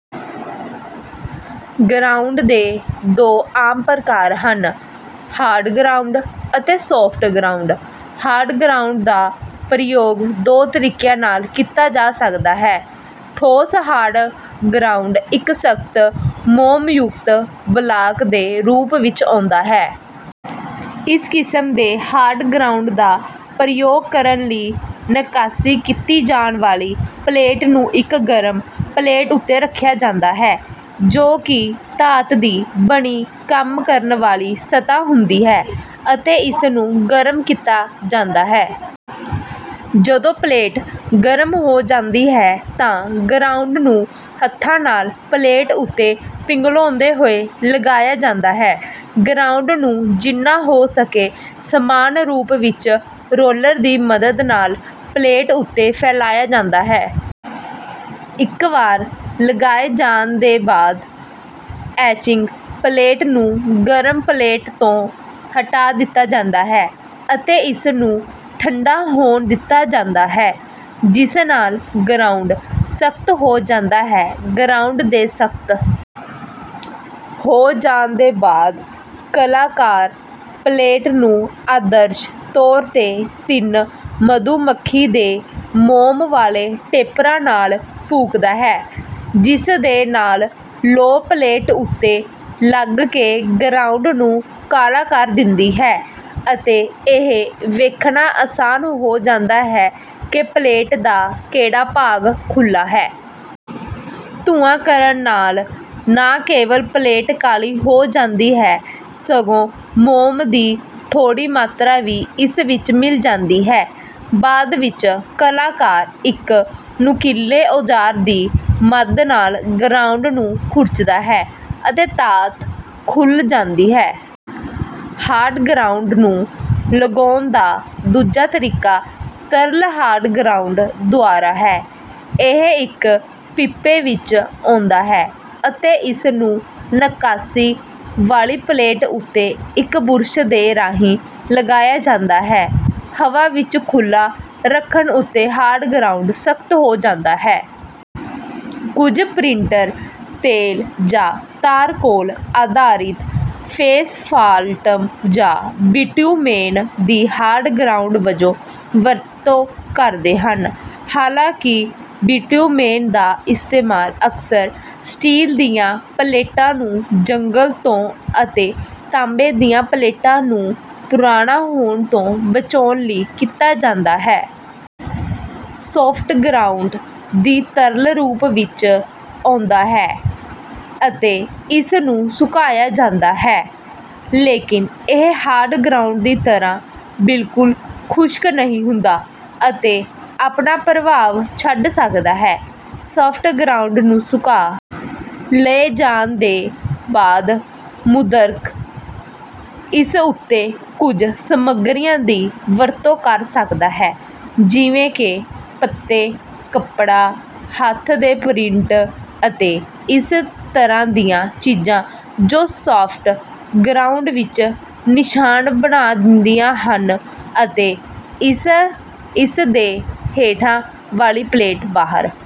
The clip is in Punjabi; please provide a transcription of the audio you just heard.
ਗਰਾਉਂਡ ਦੇ ਦੋ ਆਮ ਪ੍ਰਕਾਰ ਹਨ: ਹਾਰਡ ਗਰਾਉਂਡ ਅਤੇ ਸਾਫਟ ਗਰਾਉਂਡ। ਹਾਰਡ ਗਰਾਉਂਡ ਦਾ ਪ੍ਰਯੋਗ ਦੋ ਤਰੀਕਿਆਂ ਨਾਲ ਕੀਤਾ ਜਾ ਸਕਦਾ ਹੈ। ਠੋਸ ਹਾਰਡ ਗਰਾਉਂਡ ਇੱਕ ਸਖ਼ਤ ਮੋਮਯੁਕਤ ਬਲਾਕ ਦੇ ਰੂਪ ਵਿੱਚ ਆਉਂਦਾ ਹੈ। ਇਸ ਕਿਸਮ ਦੇ ਹਾਰਡ ਗਰਾਉਂਡ ਦਾ ਪ੍ਰਯੋਗ ਕਰਨ ਲਈ ਨੱਕਾਸ਼ੀ ਕੀਤੀ ਜਾਣ ਵਾਲੀ ਪਲੇਟ ਨੂੰ ਇੱਕ ਗਰਮ ਪਲੇਟ ਉੱਤੇ ਰੱਖਿਆ ਜਾਂਦਾ ਹੈ, ਜੋ ਕਿ ਧਾਤ ਦੀ ਬਣੀ ਕੰਮ ਕਰਨ ਵਾਲੀ ਸਤ੍ਹਾ ਹੁੰਦੀ ਹੈ ਅਤੇ ਇਸਨੂੰ ਗਰਮ ਕੀਤਾ ਜਾਂਦਾ ਹੈ। ਜਦੋਂ ਪਲੇਟ ਗਰਮ ਹੋ ਜਾਂਦੀ ਹੈ ਤਾਂ ਗਰਾਉਂਡ ਨੂੰ ਹੱਥਾਂ ਨਾਲ ਪਲੇਟ ਉੱਤੇ ਪਿਘਲਾਉਂਦੇ ਹੋਏ ਲਗਾਇਆ ਜਾਂਦਾ ਹੈ। ਗਰਾਉਂਡ ਨੂੰ ਜਿੰਨਾ ਹੋ ਸਕੇ ਸਮਾਨ ਰੂਪ ਵਿੱਚ ਰੌਲਰ ਦੀ ਮਦਦ ਨਾਲ ਪਲੇਟ ਉੱਤੇ ਫੈਲਾਇਆ ਜਾਂਦਾ ਹੈ। ਇੱਕ ਵਾਰ ਲਗਾਏ ਜਾਣ ਦੇ ਬਾਅਦ ਐਚਿੰਗ ਪਲੇਟ ਨੂੰ ਗਰਮ ਪਲੇਟ ਤੋਂ ਹਟਾ ਦਿੱਤਾ ਜਾਂਦਾ ਹੈ ਅਤੇ ਇਸਨੂੰ ਠੰਢਾ ਹੋਣ ਦਿੱਤਾ ਜਾਂਦਾ ਹੈ, ਜਿਸ ਨਾਲ ਗਰਾਉਂਡ ਸਖ਼ਤ ਹੋ ਜਾਂਦਾ ਹੈ। ਗਰਾਉਂਡ ਦੇ ਸਖ਼ਤ ਹੋ ਜਾਣ ਦੇ ਬਾਅਦ ਕਲਾਕਾਰ ਪਲੇਟ ਨੂੰ ਆਦਰਸ਼ ਤੌਰ 'ਤੇ ਤਿੰਨ ਮਧੂਮੱਖੀ ਦੇ ਮੋਮ ਵਾਲੇ ਟੇਪਰਾਂ ਨਾਲ ਫੂਕਦਾ ਹੈ, ਜਿਸਦੇ ਨਾਲ ਲੌ ਪਲੇਟ ਉੱਤੇ ਲੱਗ ਕੇ ਗਰਾਉਂਡ ਨੂੰ ਕਾਲਾ ਕਰ ਦਿੰਦੀ ਹੈ ਅਤੇ ਇਹ ਵੇਖਣਾ ਆਸਾਨ ਹੋ ਜਾਂਦਾ ਹੈ ਕਿ ਪਲੇਟ ਦਾ ਕਿਹੜਾ ਭਾਗ ਖੁੱਲ੍ਹਾ ਹੈ। ਧੂੰਆਂ ਕਰਨ ਨਾਲ ਨਾ ਕੇਵਲ ਪਲੇਟ ਕਾਲੀ ਹੋ ਜਾਂਦੀ ਹੈ ਸਗੋਂ ਮੋਮ ਦੀ ਥੋੜ੍ਹੀ ਮਾਤਰਾ ਵੀ ਇਸ ਵਿੱਚ ਮਿਲ ਜਾਂਦੀ ਹੈ। ਬਾਅਦ ਵਿੱਚ ਕਲਾਕਾਰ ਇੱਕ ਨੁਕੀਲੇ ਔਜ਼ਾਰ ਦੀ ਮਦ ਨਾਲ ਗਰਾਉਂਡ ਨੂੰ ਖੁਰਚਦਾ ਹੈ ਅਤੇ ਧਾਤ ਖੁੱਲ੍ਹ ਜਾਂਦੀ ਹੈ। ਹਾਰਡ ਗਰਾਉਂਡ ਨੂੰ ਲਗਾਉਣ ਦਾ ਦੂਜਾ ਤਰੀਕਾ ਤਰਲ ਹਾਰਡ ਗਰਾਉਂਡ ਦੁਆਰਾ ਹੈ। ਇਹ ਇੱਕ ਪੀਪੇ ਵਿੱਚ ਆਉਂਦਾ ਹੈ ਅਤੇ ਇਸਨੂੰ ਨੱਕਾਸ਼ੀ ਵਾਲੀ ਪਲੇਟ ਉੱਤੇ ਇੱਕ ਬੁਰਸ਼ ਦੇ ਰਾਹੀਂ ਲਗਾਇਆ ਜਾਂਦਾ ਹੈ। ਹਵਾ ਵਿੱਚ ਖੁੱਲ੍ਹਾ ਰੱਖਣ ਉੱਤੇ ਹਾਰਡ ਗਰਾਉਂਡ ਸਖ਼ਤ ਹੋ ਜਾਂਦਾ ਹੈ। ਕੁਝ ਪ੍ਰਿੰਟਰ ਤੇਲ ਜਾਂ ਤਾਰਕੋਲ ਆਧਾਰਿਤ ਫੇਸਫਾਲਟਮ ਜਾਂ ਬਿਟੁਮੇਨ ਦੀ ਹਾਰਡ ਗਰਾਉਂਡ ਵਜੋਂ ਵਰਤੋਂ ਕਰਦੇ ਹਨ, ਹਾਲਾਂਕਿ ਬਿਟੁਮੇਨ ਦਾ ਇਸਤੇਮਾਲ ਅਕਸਰ ਸਟੀਲ ਦੀਆਂ ਪਲੇਟਾਂ ਨੂੰ ਜੰਗਾਲ ਤੋਂ ਅਤੇ ਤਾਂਬੇ ਦੀਆਂ ਪਲੇਟਾਂ ਨੂੰ ਪੁਰਾਣਾ ਹੋਣ ਤੋਂ ਬਚਾਉਣ ਲਈ ਕੀਤਾ ਜਾਂਦਾ ਹੈ। ਸਾਫਟ ਗਰਾਉਂਡ ਦੀ ਤਰਲ ਰੂਪ ਵਿੱਚ ਆਉਂਦਾ ਹੈ ਅਤੇ ਇਸਨੂੰ ਸੁਕਾਇਆ ਜਾਂਦਾ ਹੈ, ਲੇਕਿਨ ਇਹ ਹਾਰਡ ਗਰਾਉਂਡ ਦੀ ਤਰ੍ਹਾਂ ਬਿਲਕੁਲ ਖੁਸ਼ਕ ਨਹੀਂ ਹੁੰਦਾ ਅਤੇ ਆਪਣਾ ਪ੍ਰਭਾਵ ਛੱਡ ਸਕਦਾ ਹੈ। ਸਾਫਟ ਗਰਾਉਂਡ ਨੂੰ ਸੁਕਾ ਲਏ ਜਾਣ ਦੇ ਬਾਅਦ ਮੁਦਰਕ ਇਸ ਉੱਤੇ ਕੁਝ ਸਮੱਗਰੀਆਂ ਦੀ ਵਰਤੋਂ ਕਰ ਸਕਦਾ ਹੈ ਜਿਵੇਂ ਕਿ ਪੱਤੇ, ਕੱਪੜਾ, ਹੱਥ ਦੇ ਪ੍ਰਿੰਟ ਅਤੇ ਇਸੇ ਤਰ੍ਹਾਂ ਦੀਆਂ ਚੀਜ਼ਾਂ, ਜੋ ਸਾਫਟ ਗਰਾਉਂਡ ਵਿੱਚ ਨਿਸ਼ਾਨ ਬਣਾ ਦਿੰਦੀਆਂ ਹਨ ਅਤੇ ਇਸਦੇ ਹੇਠਾਂ ਵਾਲੀ ਪਲੇਟ ਬਾਹਰ